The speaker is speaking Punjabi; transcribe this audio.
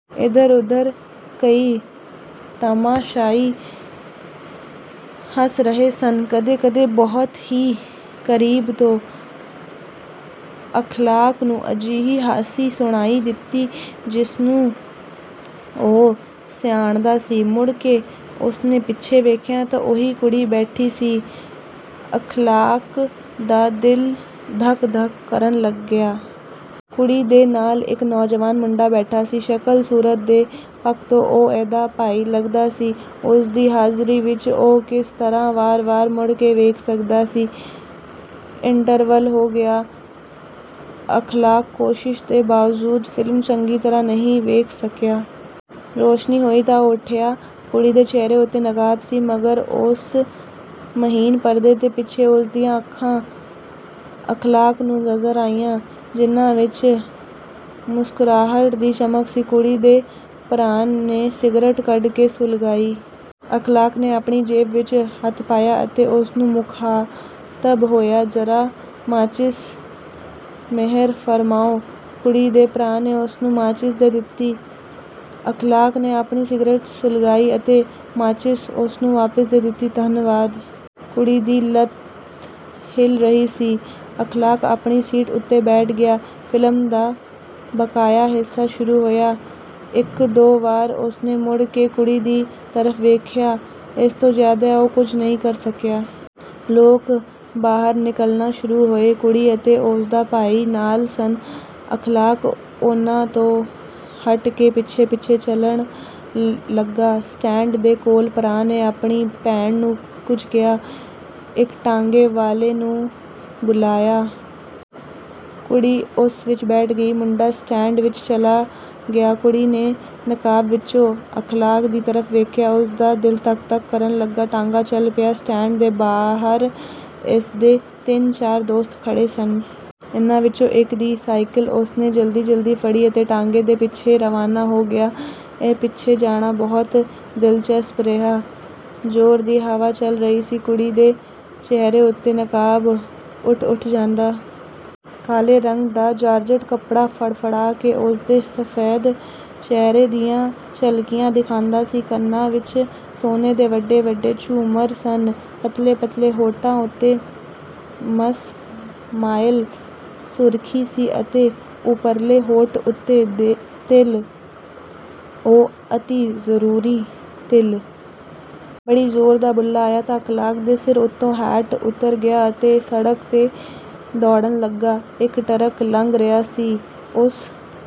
ਇੱਧਰ-ਉੱਧਰ ਕਈ ਤਮਾਸ਼ਾਈ ਹੱਸ ਰਹੇ ਸਨ। ਕਦੇ-ਕਦੇ ਬਹੁਤ ਹੀ ਕਰੀਬ ਤੋਂ ਅਖ਼ਲਾਕ ਨੂੰ ਅਜਿਹੀ ਹਾਸੀ ਸੁਣਾਈ ਦਿੱਤੀ ਜਿਸਨੂੰ ਉਹ ਸਿਆਣਦਾ ਸੀ। ਮੁੜ ਕੇ ਉਸਨੇ ਪਿੱਛੇ ਵੇਖਿਆ ਤਾਂ ਉਹੀ ਕੁੜੀ ਬੈਠੀ ਸੀ। ਅਖ਼ਲਾਕ ਦਾ ਦਿਲ ਧੱਕ-ਧੱਕ ਕਰਨ ਲੱਗਿਆ। ਕੁੜੀ ਦੇ ਨਾਲ ਇੱਕ ਨੌਜਵਾਨ ਮੁੰਡਾ ਬੈਠਾ ਸੀ। ਸ਼ਕਲ-ਸੂਰਤ ਦੇ ਪੱਖ ਤੋਂ ਉਹ ਇਹਦਾ ਭਾਈ ਲੱਗਦਾ ਸੀ। ਉਸਦੀ ਹਾਜ਼ਰੀ ਵਿੱਚ ਉਹ ਕਿਸ ਤਰ੍ਹਾਂ ਵਾਰ-ਵਾਰ ਮੁੜ ਕੇ ਵੇਖ ਸਕਦਾ ਸੀ। ਇੰਟਰਵਲ ਹੋ ਗਿਆ। ਅਖ਼ਲਾਕ ਕੋਸ਼ਿਸ਼ ਦੇ ਬਾਵਜੂਦ ਫਿਲਮ ਚੰਗੀ ਤਰ੍ਹਾਂ ਨਹੀਂ ਵੇਖ ਸਕਿਆ। ਰੋਸ਼ਨੀ ਹੋਈ ਤਾਂ ਉਹ ਉੱਠਿਆ। ਕੁੜੀ ਦੇ ਚਿਹਰੇ ਉੱਤੇ ਨਕਾਬ ਸੀ, ਮਗਰ ਉਸ ਮਹੀਨ ਪਰਦੇ ਦੇ ਪਿੱਛੇ ਉਸਦੀਆਂ ਅੱਖਾਂ ਅਖ਼ਲਾਕ ਨੂੰ ਨਜ਼ਰ ਆਈਆਂ, ਜਿਨ੍ਹਾਂ ਵਿੱਚ ਮੁਸਕੁਰਾਹਟ ਦੀ ਚਮਕ ਸੀ। ਕੁੜੀ ਦੇ ਭਰਾ ਨੇ ਸਿਗਰਟ ਕੱਢ ਕੇ ਸੁਲਗਾਈ। ਅਖ਼ਲਾਕ ਨੇ ਆਪਣੀ ਜੇਬ ਵਿੱਚ ਹੱਥ ਪਾਇਆ ਅਤੇ ਉਸਨੂੰ ਮੁਖ਼ਾਤਬ ਹੋਇਆ, "ਜਰਾ ਮਾਚਿਸ ਮਿਹਰ ਫ਼ਰਮਾਓ।" ਕੁੜੀ ਦੇ ਭਰਾ ਨੇ ਉਸਨੂੰ ਮਾਚਿਸ ਦੇ ਦਿੱਤੀ। ਅਖ਼ਲਾਕ ਨੇ ਆਪਣੀ ਸਿਗਰਟ ਸੁਲਗਾਈ ਅਤੇ ਮਾਚਿਸ ਉਸਨੂੰ ਵਾਪਸ ਦੇ ਦਿੱਤੀ, "ਧੰਨਵਾਦ।" ਕੁੜੀ ਦੀ ਲੱਤ ਹਿੱਲ ਰਹੀ ਸੀ। ਅਖ਼ਲਾਕ ਆਪਣੀ ਸੀਟ ਉੱਤੇ ਬੈਠ ਗਿਆ। ਫਿਲਮ ਦਾ ਬਕਾਇਆ ਹਿੱਸਾ ਸ਼ੁਰੂ ਹੋਇਆ। ਇੱਕ-ਦੋ ਵਾਰ ਉਸਨੇ ਮੁੜ ਕੇ ਕੁੜੀ ਦੀ ਤਰਫ਼ ਵੇਖਿਆ। ਇਸ ਤੋਂ ਜ਼ਿਆਦਾ ਉਹ ਕੁੱਝ ਨਹੀਂ ਕਰ ਸਕਿਆ। ਲੋਕ ਬਾਹਰ ਨਿਕਲਣਾ ਸ਼ੁਰੂ ਹੋਏ। ਕੁੜੀ ਅਤੇ ਉਸਦਾ ਭਾਈ ਨਾਲ ਸਨ। ਅਖ਼ਲਾਕ ਉਨ੍ਹਾਂ ਤੋਂ ਹੱਟ ਕੇ ਪਿੱਛੇ-ਪਿੱਛੇ ਚਲਣ ਲੱਗਾ। ਸਟੈਂਡ ਦੇ ਕੋਲ ਭਰਾ ਨੇ ਆਪਣੀ ਭੈਣ ਨੂੰ ਕੁੱਝ ਕਿਹਾ। ਇੱਕ ਟਾਂਗੇ ਵਾਲੇ ਨੂੰ ਬੁਲਾਇਆ। ਕੁੜੀ ਉਸ ਵਿੱਚ ਬੈਠ ਗਈ। ਮੁੰਡਾ ਸਟੈਂਡ ਵਿੱਚ ਚਲਾ ਗਿਆ। ਕੁੜੀ ਨੇ ਨਕਾਬ ਵਿੱਚੋਂ ਅਖ਼ਲਾਕ ਦੀ ਤਰਫ਼ ਵੇਖਿਆ। ਉਸਦਾ ਦਿਲ ਧੱਕ-ਧੱਕ ਕਰਨ ਲੱਗਾ। ਟਾਂਗਾ ਚੱਲ ਪਿਆ। ਸਟੈਂਡ ਦੇ ਬਾਹਰ ਇਸਦੇ ਤਿੰਨ-ਚਾਰ ਦੋਸਤ ਖੜ੍ਹੇ ਸਨ। ਇਹਨਾਂ ਵਿੱਚੋਂ ਇੱਕ ਦੀ ਸਾਈਕਲ ਉਸਨੇ ਜਲਦੀ-ਜਲਦੀ ਫੜੀ ਅਤੇ ਟਾਂਗੇ ਦੇ ਪਿੱਛੇ ਰਵਾਨਾ ਹੋ ਗਿਆ। ਇਹ ਪਿੱਛੇ ਜਾਣਾ ਬਹੁਤ ਦਿਲਚਸਪ ਰਿਹਾ। ਜ਼ੋਰ ਦੀ ਹਵਾ ਚੱਲ ਰਹੀ ਸੀ। ਕੁੜੀ ਦੇ ਚਿਹਰੇ ਉੱਤੋਂ ਨਕਾਬ ਉੱਠ-ਉੱਠ ਜਾਂਦਾ। ਕਾਲੇ ਰੰਗ ਦਾ ਜਾਰਜਟ ਕੱਪੜਾ ਫੜਫੜਾ ਕੇ ਉਸਦੇ ਸਫੈਦ ਚਿਹਰੇ ਦੀਆਂ ਝਲਕੀਆਂ ਦਿਖਾਂਦਾ ਸੀ। ਕੰਨਾਂ ਵਿੱਚ ਸੋਨੇ ਦੇ ਵੱਡੇ-ਵੱਡੇ ਝੂਮਰ ਸਨ। ਪਤਲੇ-ਪਤਲੇ ਹੋਠਾਂ ਉੱਤੇ ਮੱਸ-ਮਾਇਲ ਸੁਰਖੀ ਸੀ ਅਤੇ ਉਪਰਲੇ ਹੋਠ ਉੱਤੇ ਤਿਲ, ਉਹ ਅਤਿ ਜ਼ਰੂਰੀ ਤਿਲ। ਬੜੇ ਜ਼ੋਰ ਦਾ ਬੁੱਲਾ ਆਇਆ ਤਾਂ ਅਖ਼ਲਾਕ ਦੇ ਸਿਰ ਉੱਤੋਂ ਹੈਟ ਉੱਤਰ ਗਿਆ ਅਤੇ ਸੜਕ ਤੇ ਦੌੜਨ ਲੱਗਾ। ਇੱਕ ਟਰੱਕ ਲੰਘ ਰਿਹਾ ਸੀ। ਉਸ